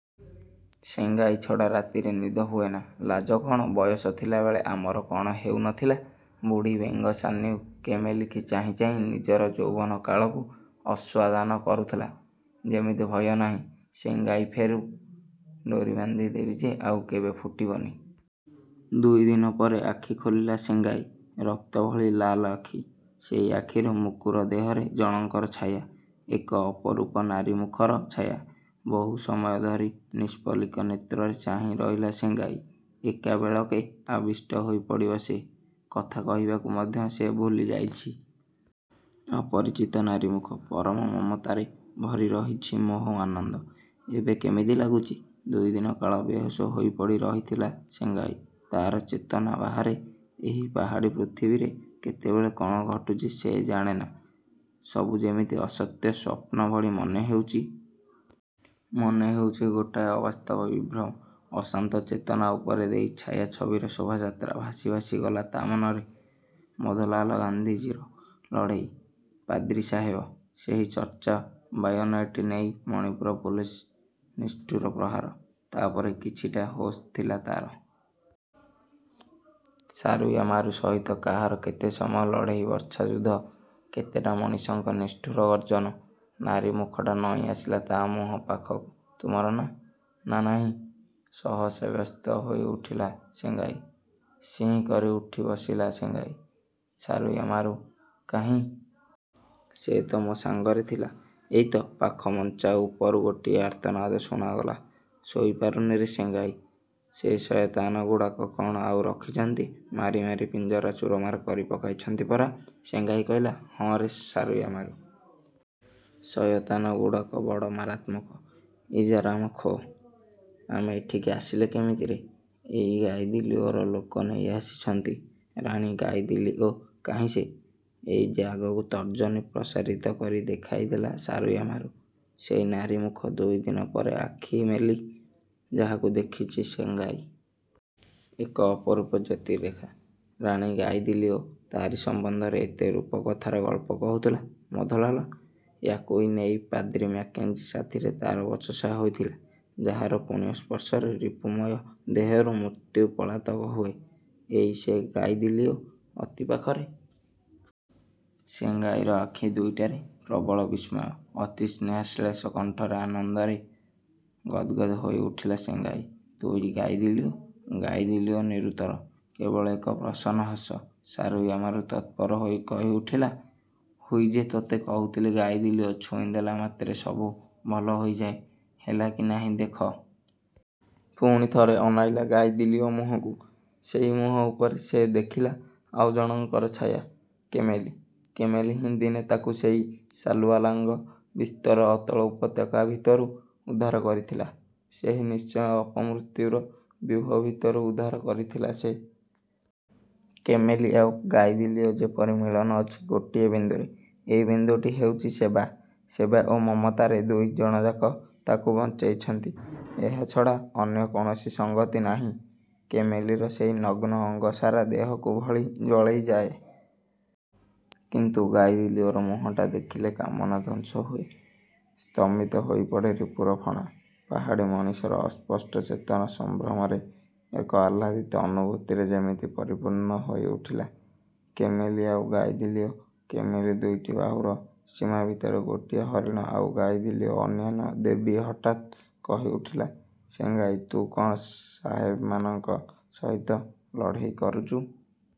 ସେଙ୍ଗାଇ ଛଡ଼ା ରାତିରେ ନିଦ ହୁଏନା! ଲାଜ କ'ଣ? ବୟସ ଥିଲାବେଳେ ଆମର କ'ଣ ହେଉ ନଥିଲା? ବୁଢ଼ୀ ବେଙ୍ଗସାନ୍ୟୁ କେମେଲୀକି ଚାହିଁ ଚାହିଁ ନିଜର ଯୌବନ କାଳକୁ ଆସ୍ୱାଦନ କରୁଥିଲା ଯେମିତି। ଭୟ ନାହିଁ। ସେଙ୍ଗାଇ ଫେରୁ, ଡ଼ୋରି ବାନ୍ଧିଦେବି ଯେ ଆଉ କେବେ ଫୁଟିବନି। ଦୁଇ ଦିନ ପରେ ଆଖି ଖୋଲିଲା ସେଙ୍ଗାଇ। ରକ୍ତ ଭଳି ଲାଲ ଆଖି। ସେଇ ଆଖିର ମୁକୁର ଦେହରେ ଜଣଙ୍କର ଛାୟା। ଏକ ଅପରୂପ ନାରୀମୁଖର ଛାୟା। ବହୁ ସମୟ ଧରି ନିଷ୍ପଲିକ ନେତ୍ରରେ ଚାହିଁ ରହିଲା ସେଙ୍ଗାଇ। ଏକାବେଳକେ ଆବିଷ୍ଟ ହୋଇପଡ଼ିବ ସେ। କଥା କହିବାକୁ ମଧ୍ୟ ସେ ଭୁଲିଯାଇଛି। ଅପରିଚିତ ନାରୀମୁଖ, ପରମ ମମତାରେ ଭରି ରହିଛି ମୋହ, ଆନନ୍ଦ। ଏବେ କେମିତି ଲାଗୁଚି? ଦୁଇଦିନ କାଳ ବେହୋସ ହୋଇପଡ଼ି ରହିଥିଲା ସେଙ୍ଗାଇ। ତାର ଚେତନା ବାହାରେ ଏଇ ପାହାଡ଼ୀ ପୃଥିବୀରେ କେତେବେଳେ କ'ଣ ଘଟୁଛି ସେ ଜାଣେନା। ସବୁ ଯେମିତି ଅସତ୍ୟ ସ୍ୱପ୍ନ ଭଳି ମନେ ହେଉଚି। ମନେ ହେଉଛି ଗୋଟାଏ ଅବାସ୍ତବ ବିଭ୍ରମ। ଅଶାନ୍ତ ଚେତନା ଉପର ଦେଇ ଛାୟାଛବିର ଶୋଭାଯାତ୍ରା ଭାସି ଭାସି ଗଲା ତା ମନରେ। ମଧୋଲାଲ। ଗାନ୍ଧିଜୀର ଲଢ଼େଇ। ପାଦ୍ରୀ ସାହେବ। ସେହି ଚର୍ଚ୍ଚା, ବାୟୋନେଟ ନେଇ ମଣିପୁର ପୁଲିସର ନିଷ୍ଠୁର ପ୍ରହାର। ତା ପରେ କିଛିଟା ହୋସ ଥିଲା ତାର। ସାରୁୟାମାରୁ ସହିତ କାହାର କେତେ ସମୟ ଲଢ଼େଇ, ବର୍ଚ୍ଛା ଯୁଦ୍ଧ। କେତେଟା ମଣିଷଙ୍କ ନିଷ୍ଠୁର ଗର୍ଜନ। ନାରୀ ମୁଖଟା ନଇଁ ଆସିଲା ତା ମୁହଁ ପାଖକୁ ତୁମର ନା? ନାଁ ନାହିଁ। ସହସା ବ୍ୟସ୍ତ ହୋଇଉଠିଲା ସେଙ୍ଗାଇ। ସିଁ କରି ଉଠିବସିଲା ସେଙ୍ଗାଇ। ସାରୁୟାମାରୁ କାହିଁ? ସେ ତ ମୋ ସାଙ୍ଗରେ ଥିଲା। ଏଇ ତ। ପାଖ ମଞ୍ଚା ଉପରୁ ଗୋଟିଏ ଆର୍ତ୍ତନାଦ ଶୁଣାଗଲା ଶୋଇ ପାରୁନି ରେ ସେଙ୍ଗାଇ। ସେ ସୟତାନଗୁଡ଼ାକ କ'ଣ ଆଉ ରଖିଛନ୍ତି? ମାରି ମାରି ପିଞ୍ଜରା ଚୁରମାର କରି ପକାଇଛନ୍ତି ପରା! ସେଙ୍ଗାଇ କହିଲା, ହଁ ରେ ସାରୁୟାମାରୁ! ସୟତାନଗୁଡ଼ାକ ବଡ଼ ମାରାତ୍ମକ। ଇଜା ରାମ ଖୋ! ଆମେ ଏଠିକି ଆସିଲେ କମିତି ରେ? ଏଇ ଗାଇଦିଲିଓର ଲୋକ ନେଇ ଆସିଛନ୍ତି। ରାଣୀ ଗାଇଦିଲିଓ! କାହିଁ ସେ? ଏଇ ଯେ ଆଗକୁ ତର୍ଜନୀ ପ୍ରସାରିତ କରି ଦେଖାଇ ଦେଲା ସାରୁୟାମାରୁ। ସେଇ ନାରୀମୁଖ, ଦୁଇଦିନ ପରେ ଆଖି ମେଲି ଯାହାକୁ ଦେଖିଛି ସେଙ୍ଗାଇ। ଏକ ଅପରୂପ ଜ୍ୟୋତିଃରେଖା। ରାଣୀ ଗାଇଦିଲିଓ! ତାରି ସମ୍ବନ୍ଧରେ ଏତେ ରୂପକଥାର ଗଳ୍ପ କହୁଥିଲା ମଧୋଲାଲ। ୟାକୁଇ ନେଇ ପାଦ୍ରୀ ମ୍ୟାକେଞ୍ଜି ସାଥିରେ ତାର ବଚସା ହୋଇଥିଲା। ଯାହାର ପୁଣ୍ୟ ସ୍ପର୍ଶରେ ରିପୁମୟ ଦେହରୁ ମୃତ୍ୟୁ ପଳାତକ ହୁଏ, ଏଇ ସେ ଗାଇଦିଲିଓ! ଅତି ପାଖରେ। ସେଙ୍ଗାଇର ଆଖି ଦୁଇଟାରେ ପ୍ରବଳ ବିସ୍ମୟ। ଅତି ସ୍ନେହାଶ୍ଳେଷ କଣ୍ଠରେ ଆନନ୍ଦରେ ଗଦ୍ଗଦ୍ ହୋଇଉଠିଲା ସେଙ୍ଗାଇ। ତୁଇ ଗାଇଦିଲିଓ। ଗାଇଦିଲିଓ ନିରୁତ୍ତର। କେବଳ ଏକ ପ୍ରସନ୍ନ ହସ। ସାରୁୟାମାରୁ ତତ୍ପର ହୋଇ କହିଉଠିଲା ହୁଇ ଯେ ତୋତେ କହୁଥିଲି ଗାଇଦିଲିଓ ଛୁଇଁ ଦେଲାମାତ୍ରେ ସବୁ ଭଲ ହୋଇଯାଏ, ହେଲା କି ନାହିଁ ଦେଖ। ପୁଣି ଥରେ ଅନାଇଲା ଗାଇଦିଲିଓ ମୁହଁକୁ। ସେଇ ମୁହଁ ଉପରେ ସେ ଦେଖିଲା ଆଉ ଜଣଙ୍କର ଛାୟା, କେମେଲୀ। କେମେଲୀ ହିଁ ଦିନେ ତାକୁ ସେଇ ସାଲୁଆଲାଙ୍ଗ ବସ୍ତିର ଅତଳ ଉପତ୍ୟକା ଭିତରୁ ଉଦ୍ଧାର କରିଥିଲା। ସେହି ନିଶ୍ଚିତ ଅପମୃତ୍ୟୁର ବ୍ୟୁହ ଭିତରୁ ଉଦ୍ଧାର କରିଥିଲା ସେ। କେମେଲୀ ଆଉ ଗାଇଦିଲିଓ ଯେପରି ମିଳନ ଅଛି ଗୋଟିଏ ବିନ୍ଦୁରେ। ଏଇ ବିନ୍ଦୁଟି ହେଉଚି ସେବା। ସେବା ଓ ମମତାରେ ଦୁଇ ଜଣଯାକ ତାକୁ ବଞ୍ଚେଇଛନ୍ତି। ଏହା ଛଡ଼ା ଅନ୍ୟ କୌଣସି ସଙ୍ଗତି ନାହିଁ। କେମେଲୀର ସେଇ ନଗ୍ନ ଅଙ୍ଗ ସାରା ଦେହକୁ ଭଳି ଜଳେଇଯାଏ। କିନ୍ତୁ ଗାଇଦିଲିଓର ମୁହଁଟା ଦେଖିଲେ କାମନା ଧ୍ୱଂସ ହୁଏ। ସ୍ତମିତ ହୋଇପଡ଼େ ରିପୁର ଫଣା। ପାହାଡ଼ୀ ମଣିଷର ଅସ୍ପଷ୍ଟ ଚେତନା ସଂଭ୍ରମରେ, ଏକ ଆହ୍ଲାଦିତ ଅନୁଭୂତିରେ ଯେମିତି ପରିପୂର୍ଣ୍ଣ ହୋଇଉଠିଲା। କେମେଲୀ ଆଉ ଗାଇଦିଲିଓ। କେମେଲୀ ଦୁଇଟି ବାହୁର ସୀମା ଭିତରେ ଗୋଟିଏ ହରିଣ ଆଉ ଗାଇଦିଲିଓ ଅନନ୍ୟା, ଦେବୀ! ହଠାତ୍ କହି ଉଠିଲା ସେଙ୍ଗାଇତୁ କ'ଣ ସାହେବମାନଙ୍କ ସହିତ ଲଢ଼େଇ କରୁଚୁ?